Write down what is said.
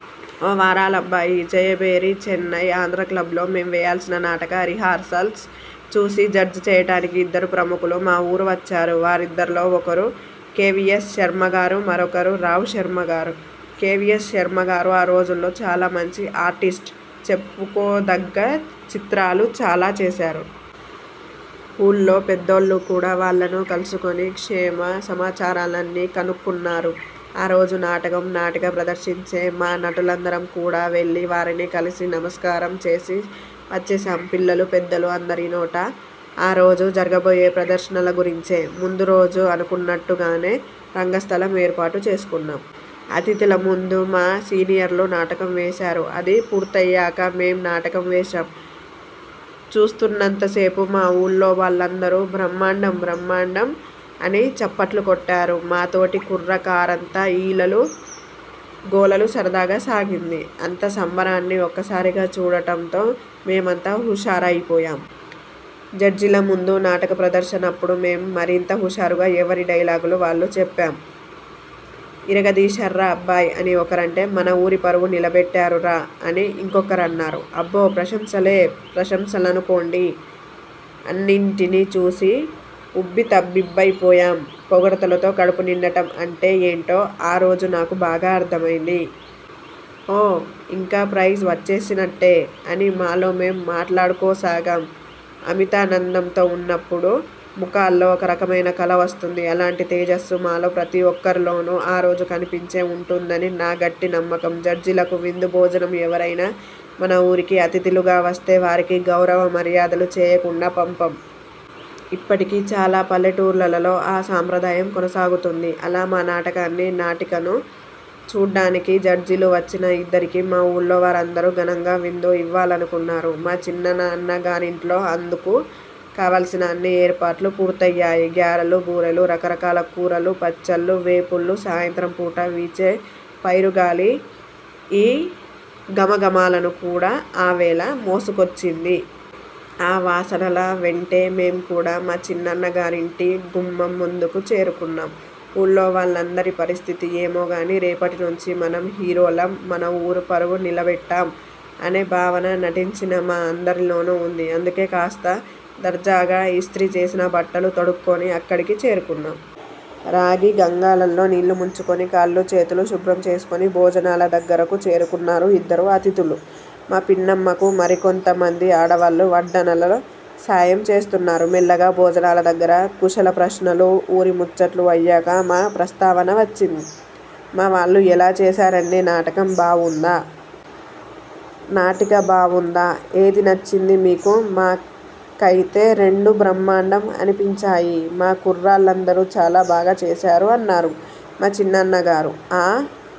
ఓ వారాలబ్బాయి జయభేరి చెన్నై ఆంధ్రాక్లబ్లో మేం వేయాల్సిన నాటిక రిహార్సల్స్ చూసి జడ్జి చేయడానికి ఇద్దరు ప్రముఖులు మా ఊరు వచ్చారు. వారిదర్లో ఒకరు కేవీయస్ శర్మ గారు, మరొకరు రావుశర్మ గారు. కేవీయస్ శర్మగారు ఆ రోజుల్లో చాలా మంచి ఆర్టిస్ట్. చెప్పుకోదగ్గ చిత్రాలు చాలా ఊళ్లో పెద్దాళ్లు కూడా వాళ్లను కలుసుకుని క్షేమ సమాచారాలన్నీ కనుక్కున్నారు. ఆ రోజు నాటకం, నాటిక ప్రదర్శించే మా నటులందరం కూడా వెళ్లి వారిని కలిసి నమస్కారం చేసి వచ్చేశాం. పిల్లలు, పెద్దలు అందరి నోటా ఆ రోజు జరగబోయే ప్రదర్శనల గురించే. ముందురోజు అనుకున్నట్టు గానే రంగస్థలం ఏర్పాటు చేసుకున్నాం. అతిథుల ముందు మా సీనియర్లు నాటకం వేశారు. అది పూర్తయ్యాక మేం నాటక వేశాం. చూస్తున్నంత సేపూ మా ఊళ్లోవాళ్లు అందరూ 'బ్రహ్మాండం బ్రహ్మాండం' అని చప్పట్లు కొట్టారు. మాతోటి కుర్ర కారంతా ఈలలూ, గోలలూ సరదాగా సాగింది. అంత సంబరాన్ని ఒక్కసారిగా చూడటంతో మేమంతా హుషారై పోయాం. జడ్జీల ముందు నాటక ప్రదర్శనప్పుడు మేం మరింత హుషారుగా ఎవరి డైలాగులు వాళ్లు చెప్పాం. 'ఇరగదీశార్రా అబ్బాయ్' అని ఒకరంటే 'మన ఊరి పరువు నిలబెట్టారు రా' అని ఇంకొకరన్నారు. అబ్బో ప్రశంసలే ప్రశంసలనుకోండి. అన్నిటినీ చూసి ఉబ్బితబ్బిబ్బైపోయాం. పొగడ్తలతో కడుపు నిండటం అంటే ఏంటో ఆ రోజు నాకు బాగా అర్థమైంది. 'ఓ ఇంక ప్రైజ్ వచ్చేసినట్టే' అని మాలో మేం మాట్లాడుకోసాగాం. అమితా నందంతో ఉన్నప్పుడు ముఖాల్లో ఒక రకమైన కళ వస్తుంది. అలాంటి తేజస్సు మాలో ప్రతి ఒక్కరి లోనూ ఆ రోజు కనిపించే ఉంటుందని నా గట్టి నమ్మకం. జడ్జీలకు విందు భోజనంఎవరైనా మన ఊరికి అతిథులుగా వస్తే వారికి గౌరవ మర్యాదలు చేయకుండా పంపం. ఇప్పటికీ చాలా పల్లెటూర్ల లో ఆ సంప్రదాయం కొనసాగుతోంది. అలా మా నాటకాన్ని, నాటికను చూడ్డానికి జడ్జీలు వచ్చిన ఇద్దరికీ మా ఊళ్లో వాళ్లందరూ ఘనంగా విందు ఇవ్వాలనుకున్నారు. మా చిన్నాన్న గారింట్లో అందుకు కావాల్సిన అన్ని ఏర్పాట్లూ పూర్తయ్యాయి. గారెలు, బూరులు, రకరకాల కూరలు, పచ్చళ్లు, వేపుళ్లు సాయంత్రం పూట వీచే పైరుగాలి ఈ ఘుమ ఘుమలను కూడా ఆ వేళ మోసుకొచ్చింది. ఆ వాసనల వెంటే మేం కూడా మా చిన్నాన్న గారింటి గుమ్మం ముందుకు చేరుకున్నాం. ఊళ్లో వాళ్లందరి పరిస్థితీ ఏమోగానీ 'రేపటి నుంచి మనం హీరోలం మన ఊరు పరువు నిలబెట్టాం' అనే భావన నటించిన మా అందరిలోనూ ఉంది. అందుకే కాస్త దర్జాగా ఇస్త్రీ చేసిన బట్టలు తొడుక్కుని అక్కడికి చేరుకున్నాం. రాగి గంగాళాల్లో నీళ్ళు ముంచుకుని కాళ్లు చేతులు శుభ్రం చేసుకుని భోజనాల దగ్గరకు చేరుకున్నారు ఇద్దరు అతిథులు. మా పిన్నమ్మకు మరికొంత మంది ఆడవాళ్లు వడ్డనలో సాయం చేస్తున్నారు. మెల్లగా భోజనాల దగ్గర కుశల ప్రశ్నలూ, ఊరి ముచ్చట్లు అయ్యాక మా ప్రస్తావన వచ్చింది. మా వాళ్లు ఎలా చేశారండీ నాటకం బావుందా? నాటిక బావుందా? ఏది నచ్చింది మీకు మా కైతే రెండూ బ్రహ్మాండం అనిపించాయి. మా కుర్రాళ్లందరూ చాలా బాగా చేశారు అన్నారు మా చిన్నాన్న గారు. ఆ